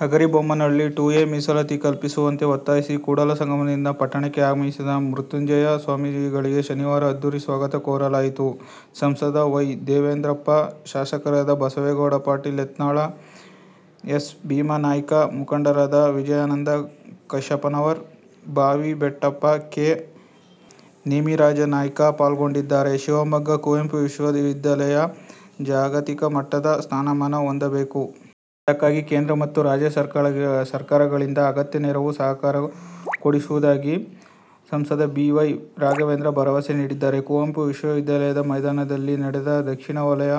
Hagaribommanahalli: two A ಮೀಸಲಾತಿ ಕಲ್ಪಿಸುವಂತೆ ಒತ್ತಾಯಿಸಿ ಕೂಡಲಸಂಗಮದಿಂದ ಪಟ್ಟಣಕ್ಕೆ ಆಗಮಿಸಿದ ಜಯಮೃತ್ಯುಂಜಯ ಸ್ವಾಮೀಜಿಗಳಿಗೆ ಶನಿವಾರ ಅದ್ಧೂರಿ ಸ್ವಾಗತ ಕೋರಲಾಯಿತು. ಸಂಸದ ವೈ. ದೇವೇಂದ್ರಪ್ಪ, ಶಾಸಕರಾದ ಬಸವನಗೌಡ ಪಾಟೀಲ್ ಯತ್ನಾಳ, ಎಸ್. ಭೀಮನಾಯ್ಕ, ಮುಖಂಡರಾದ ವಿಜಯಾನಂದ ಕಾಶಪ್ಪನವರ್, ಬಾವಿ ಬೆಟ್ಟಪ್ಪ, ಕೆ. ನೇಮಿರಾಜನಾಯ್ಕ ಪಾಲ್ಗೊಂಡಿದ್ದಾರೆ. ಶಿವಮೊಗ್ಗ: ಕುವೆಂಪು ವಿಶ್ವವಿದ್ಯಾಲಯ ಜಾಗತಿಕ ಮಟ್ಟದ ಸ್ಥಾನಮಾನ ಹೊಂದಬೇಕು. ಅದಕ್ಕಾಗಿ ಕೇಂದ್ರ ಮತ್ತು ರಾಜ್ಯ ಸರ್ಕಾರಗಳಿಂದ ಅಗತ್ಯ ನೆರವು, ಸಹಕಾರ ಕೊಡಿಸುವುದಾಗಿ ಸಂಸದ ಬಿ. ವೈ. ರಾಘವೇಂದ್ರ ಭರವಸೆ ನೀಡಿದ್ದಾರೆ. ಕುವೆಂಪು ವಿಶ್ವವಿದ್ಯಾಲಯದ ಮೈದಾನದಲ್ಲಿ ನಡೆದ ದಕ್ಷಿಣ ವಲಯ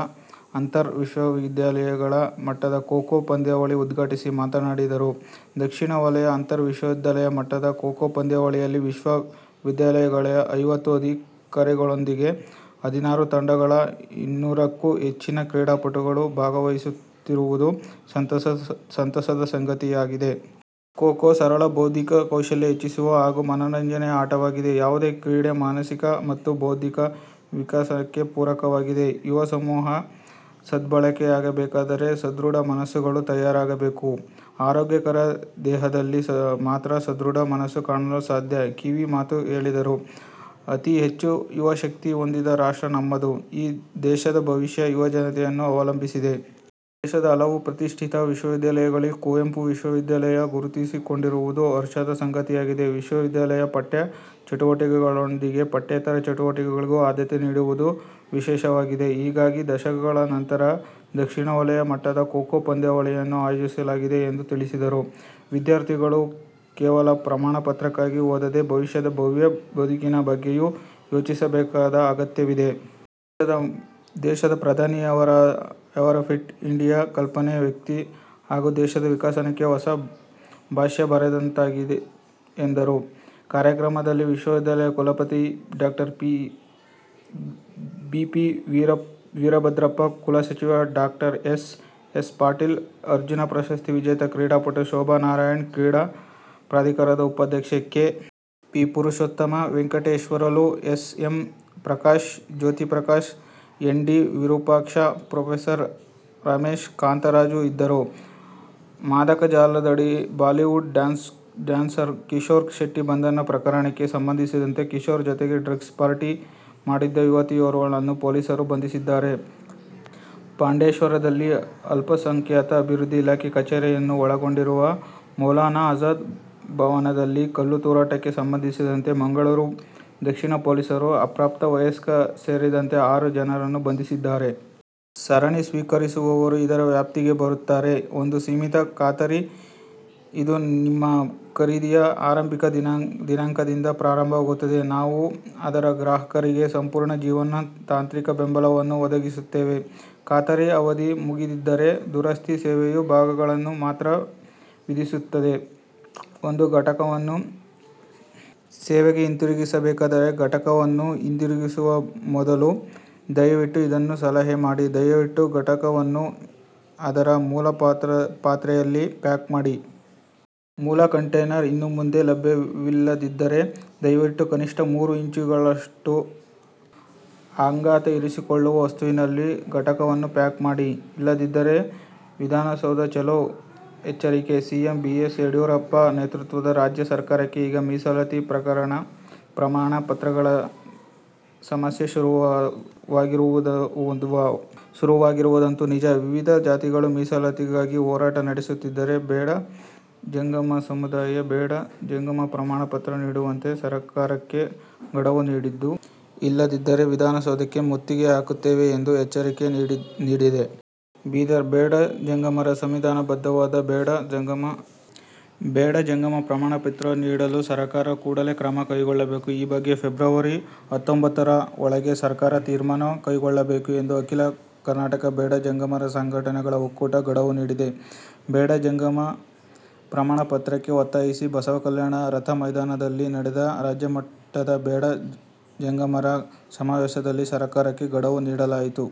ಅಂತರ್ ವಿಶ್ವವಿದ್ಯಾಲಯಗಳ ಮಟ್ಟದ ಖೋ-ಖೋ ಪಂದ್ಯಾವಳಿ ಉದ್ಘಾಟಿಸಿ ಮಾತನಾಡಿದರು. ದಕ್ಷಿಣ ವಲಯ ಅಂತರ್ ವಿಶ್ವವಿದ್ಯಾಲಯ ಮಟ್ಟದ ಖೋ-ಖೋ ಪಂದ್ಯಾವಳಿಯಲ್ಲಿ ವಿಶ್ವ ವಿದ್ಯಾಲಯಗಳ ಐವತ್ತು ಅಧಿಕಾರಿಗಳೊಂದಿಗೆ ಹದಿನಾರು ತಂಡಗಳ ಇನ್ನೂರಕ್ಕೂ ಹೆಚ್ಚಿನ ಕ್ರೀಡಾಪಟುಗಳು ಭಾಗವಹಿಸುತ್ತಿರುವುದು ಸಂತಸದ ಸಂಗತಿಯಾಗಿದೆ. ಖೋ-ಖೋ ಸರಳ, ಬೌದ್ಧಿಕ ಕೌಶಲ್ಯ ಹೆಚ್ಚಿಸುವ ಹಾಗೂ ಮನರಂಜನೆಯ ಆಟವಾಗಿದೆ. ಯಾವುದೇ ಕ್ರೀಡೆ ಮಾನಸಿಕ ಮತ್ತು ಬೌದ್ಧಿಕ ವಿಕಾಸಕ್ಕೆ ಪೂರಕವಾಗಿದೆ. ಯುವ ಸಮೂಹದ ಸದ್ಬಳಕೆಯಾಗಬೇಕಾದರೆ ಸದೃಢ ಮನಸ್ಸುಗಳು ತಯಾರಾಗಬೇಕು. ಆರೋಗ್ಯಕರ ದೇಹದಲ್ಲಿ ಮಾತ್ರ ಸದೃಢ ಮನಸ್ಸು ಕಾಣಲು ಸಾಧ್ಯ ಕಿವಿ ಮಾತು ಹೇಳಿದರು. ಅತಿಹೆಚ್ಚು ಯುವಶಕ್ತಿ ಹೊಂದಿದ ರಾಷ್ಟ್ರ ನಮ್ಮದು, ಈ ದೇಶದ ಭವಿಷ್ಯ ಯುವಜನತೆಯನ್ನು ಅವಲಂಬಿಸಿದೆ. ದೇಶದ ಹಲವು ಪ್ರತಿಷ್ಠಿತ ವಿಶ್ವವಿದ್ಯಾಲಯಗಳಲ್ಲಿ ಕುವೆಂಪು ವಿಶ್ವವಿದ್ಯಾಲಯ ಗುರುತಿಸಿಕೊಂಡಿರುವುದು ಹರ್ಷದ ಸಂಗತಿಯಾಗಿದೆ. ವಿಶ್ವವಿದ್ಯಾಲಯ ಪಠ್ಯ ಚಟುವಟಿಕೆಗಳೊಂದಿಗೆ ಪಠ್ಯೇತರ ಚಟುವಟಿಕೆಗಳಿಗೂ ಆದ್ಯತೆ ನೀಡಿರುವುದು ವಿಶೇಷವಾಗಿದೆ. ಹೀಗಾಗಿ ದಶಕಗಳ ನಂತರ ದಕ್ಷಿಣ ವಲಯ ಮಟ್ಟದ ಖೋ-ಖೋ ಪಂದ್ಯಾವಳಿಯನ್ನು ಆಯೋಜಿಸಲಾಗಿದೆ ಎಂದು ತಿಳಿಸಿದರು. ವಿದ್ಯಾರ್ಥಿಗಳು ಕೇವಲ ಪ್ರಮಾಣ ಪತ್ರಕ್ಕಾಗಿ ಓದದೇ ಭವಿಷ್ಯದ ಭವ್ಯ ಬದುಕಿನ ಬಗ್ಗೆಯೂ ಯೋಚಿಸಬೇಕಾದ ಅಗತ್ಯವಿದೆ. ದೇಶದ ಪ್ರಧಾನಿ ಮೋದಿಯವರ ಫಿಟ್ ಇಂಡಿಯಾ ಕಲ್ಪನೆ ವ್ಯಕ್ತಿ ಹಾಗೂ ದೇಶದ ವಿಕಾಸಕ್ಕೆ ಹೊಸ ಭಾಷ್ಯ ಬರೆದಂತಾಗಿದೆ ಎಂದರು. ಕಾರ್ಯಕ್ರಮದಲ್ಲಿ ವಿಶ್ವವಿದ್ಯಾಲಯಯ ಕುಲಪತಿ ಡಾ. ಬಿ. ಪಿ. ವೀರಭದ್ರಪ್ಪ, ಕುಲಸಚಿವ ಡಾ. ಎಸ್. ಎಸ್. ಪಾಟೀಲ್, ಅರ್ಜುನ ಪ್ರಶಸ್ತಿ ವಿಜೇತ ಕ್ರೀಡಾಪಟು ಶೋಭಾ ನಾರಾಯಣ್, ಕ್ರೀಡಾ ಪ್ರಾಧಿಕಾರದ ಉಪಾಧ್ಯಕ್ಷ K. P. Purushottama, Venkateswarlu, S. M. Prakash, Jyothi Prakash, N. D. Virupaksha, pro. Ramesh, Kantharaju ಇದ್ದರು. ಮಾದಕ ಜಾಲದಡಿ ಬಾಲಿವುಡ್ ಡ್ಯಾನ್ಸರ್ ಕಿಶೋರ್ ಶೆಟ್ಟಿ ಬಂಧನ ಪ್ರಕರಣಕ್ಕೆ ಸಂಬಂಧಿಸಿದಂತೆ ಕಿಶೋರ್ ಜತೆಗೆ ಡ್ರಗ್ ಪಾರ್ಟಿ ಮಾಡಿದ್ದ ಯುವತಿಯೋರ್ವಳನ್ನು ಪೊಲೀಸರು ಬಂಧಿಸಿದ್ದಾರೆ. ಪಾಂಡೇಶ್ವರದಲ್ಲಿ ಅಲ್ಪಸಂಖ್ಯಾತ ಅಭಿವೃದ್ಧಿ ಇಲಾಖೆಯ ಕಚೇರಿಯನ್ನು ಒಳಗೊಂಡಿರುವ ಮೌಲಾನಾ ಆಜಾದ್ ಭವನದಲ್ಲಿ ಕಲ್ಲು ತೂರಾಟಕ್ಕೆ ಸಂಬಂಧಿಸಿದಂತೆ ಮಂಗಳೂರು ದಕ್ಷಿಣ ಪೊಲೀಸರು ಅಪ್ರಾಪ್ತ ವಯಸ್ಕ ಸೇರಿದಂತೆ ಆರು ಜನರನ್ನು ಬಂಧಿಸಿದ್ದಾರೆ. ಸರಣಿ ಸ್ವೀಕರಿಸುವವರು ಇದರ ವ್ಯಾಪ್ತಿಗೆ ಬರುತ್ತಾರೆ ಒಂದು ಸೀಮಿತ ಖಾತರಿ, ಇದು ನಿಮ್ಮ ಖರೀದಿಯ ಆರಂಭಿಕ ದಿನಾಂಕದಿಂದ ಪ್ರಾರಂಭವಾಗುತ್ತದೆ. ನಾವು ಅದರ ಗ್ರಾಹಕರಿಗೆ ಸಂಪೂರ್ಣ ಜೀವನ ತಾಂತ್ರಿಕ ಬೆಂಬಲವನ್ನು ಒದಗಿಸುತ್ತೇವೆ. ಖಾತರಿ ಅವಧಿ ಮುಗಿದಿದ್ದರೆ, ದುರಸ್ತಿ ಸೇವೆಯು ಭಾಗಗಳನ್ನು ಮಾತ್ರ ವಿಧಿಸುತ್ತದೆ. ಒಂದು ಘಟಕವನ್ನು ಸೇವೆಗೆ ಹಿಂತಿರುಗಿಸಬೇಕಾದರೆ, ಘಟಕವನ್ನು ಹಿಂದಿರುಗಿಸುವ ಮೊದಲು, ದಯವಿಟ್ಟು ಇದನ್ನು ಸಲಹೆ ಮಾಡಿ: ದಯವಿಟ್ಟು ಘಟಕವನ್ನು ಅದರ ಮೂಲ ಪಾತ್ರೆಯಲ್ಲಿ ಪ್ಯಾಕ್ ಮಾಡಿ. ಮೂಲ ಕಂಟೇನರ್ ಇನ್ನು ಮುಂದೆ ಲಭ್ಯವಿಲ್ಲದಿದ್ದರೆ, ದಯವಿಟ್ಟು ಕನಿಷ್ಠ ಮೂರು ಇಂಚುಗಳಷ್ಟು ಆಘಾತ ಹೀರಿಕೊಳ್ಳುವ ವಸ್ತುವಿನಲ್ಲಿ ಘಟಕವನ್ನು ಪ್ಯಾಕ್ ಮಾಡಿ. ಇಲ್ಲದಿದ್ದರೆ ವಿಧಾನಸೌಧ ಚಲೋ ಎಚ್ಚರಿಕೆ ಸಿಎಂ ಬಿಎಸ್ ಯಡಿಯೂರಪ್ಪ ನೇತೃತ್ವದ ರಾಜ್ಯ ಸರಕಾರಕ್ಕೆ ಈಗ ಮೀಸಲಾತಿ, ಪ್ರಮಾಣ ಪತ್ರಗಳ ಸಮಸ್ಯೆ ಶುರುವಾಗಿರುವುದಂತೂ ನಿಜ. ವಿವಿಧ ಜಾತಿಗಳು ಮೀಸಲಾತಿಗಾಗಿ ಹೋರಾಟ ನಡೆಸುತ್ತಿದ್ದರೆ, ಬೇಡ ಜಂಗಮ ಸಮುದಾಯ ಬೇಡ ಜಂಗಮ ಪ್ರಮಾಣ ಪತ್ರ ನೀಡುವಂತೆ ಸರಕಾರಕ್ಕೆ ಗುಡುವು ನೀಡಿದ್ದು, ಇಲ್ಲದಿದ್ದರೆ ವಿಧಾನಸೌಧಕ್ಕೆ ಮುತ್ತಿಗೆ ಹಾಕುತ್ತೇವೆ ಎಂದು ಎಚ್ಚರಿಕೆ ನೀಡಿದೆ. ಬೀದರ್: ಬೇಡ ಜಂಗಮರ ಸಂವಿಧಾನ ಬದ್ದವಾದ ಬೇಡ ಜಂಗಮ ಪ್ರಮಾಣ ಪತ್ರ ನೀಡಲು ಸರಕಾರ ಕೂಡಲೇ ಕ್ರಮ ಕೈಗೊಳ್ಳಬೇಕು. ಈ ಬಗ್ಗೆ ಫೆಬ್ರವರಿ ಹತ್ತೊಂಬತ್ತರ ಒಳಗೆ ಸರಕಾರ ತೀರ್ಮಾನ ಕೈಗೊಳ್ಳಬೇಕು ಎಂದು ಅಖಿಲ ಕರ್ನಾಟಕ ಬೇಡ ಜಂಗಮರ ಸಂಘಟನೆಗಳ ಒಕ್ಕೂಟ ಗಡುವು ನೀಡಿದೆ. ಬೇಡ ಜಂಗಮ ಪ್ರಮಾಣ ಪತ್ರಕ್ಕೆ ಒತ್ತಾಯಿಸಿ ಬಸವಕಲ್ಯಾಣದ ರಥ ಮೈದಾನದಲ್ಲಿ ನಡೆದ ರಾಜ್ಯಮಟ್ಟದ ಬೇಡ ಜಂಗಮರ ಸಮಾವೇಶದಲ್ಲಿ ಸರಕಾರಕ್ಕೆ ಗಡುವು ನೀಡಲಾಯಿತು.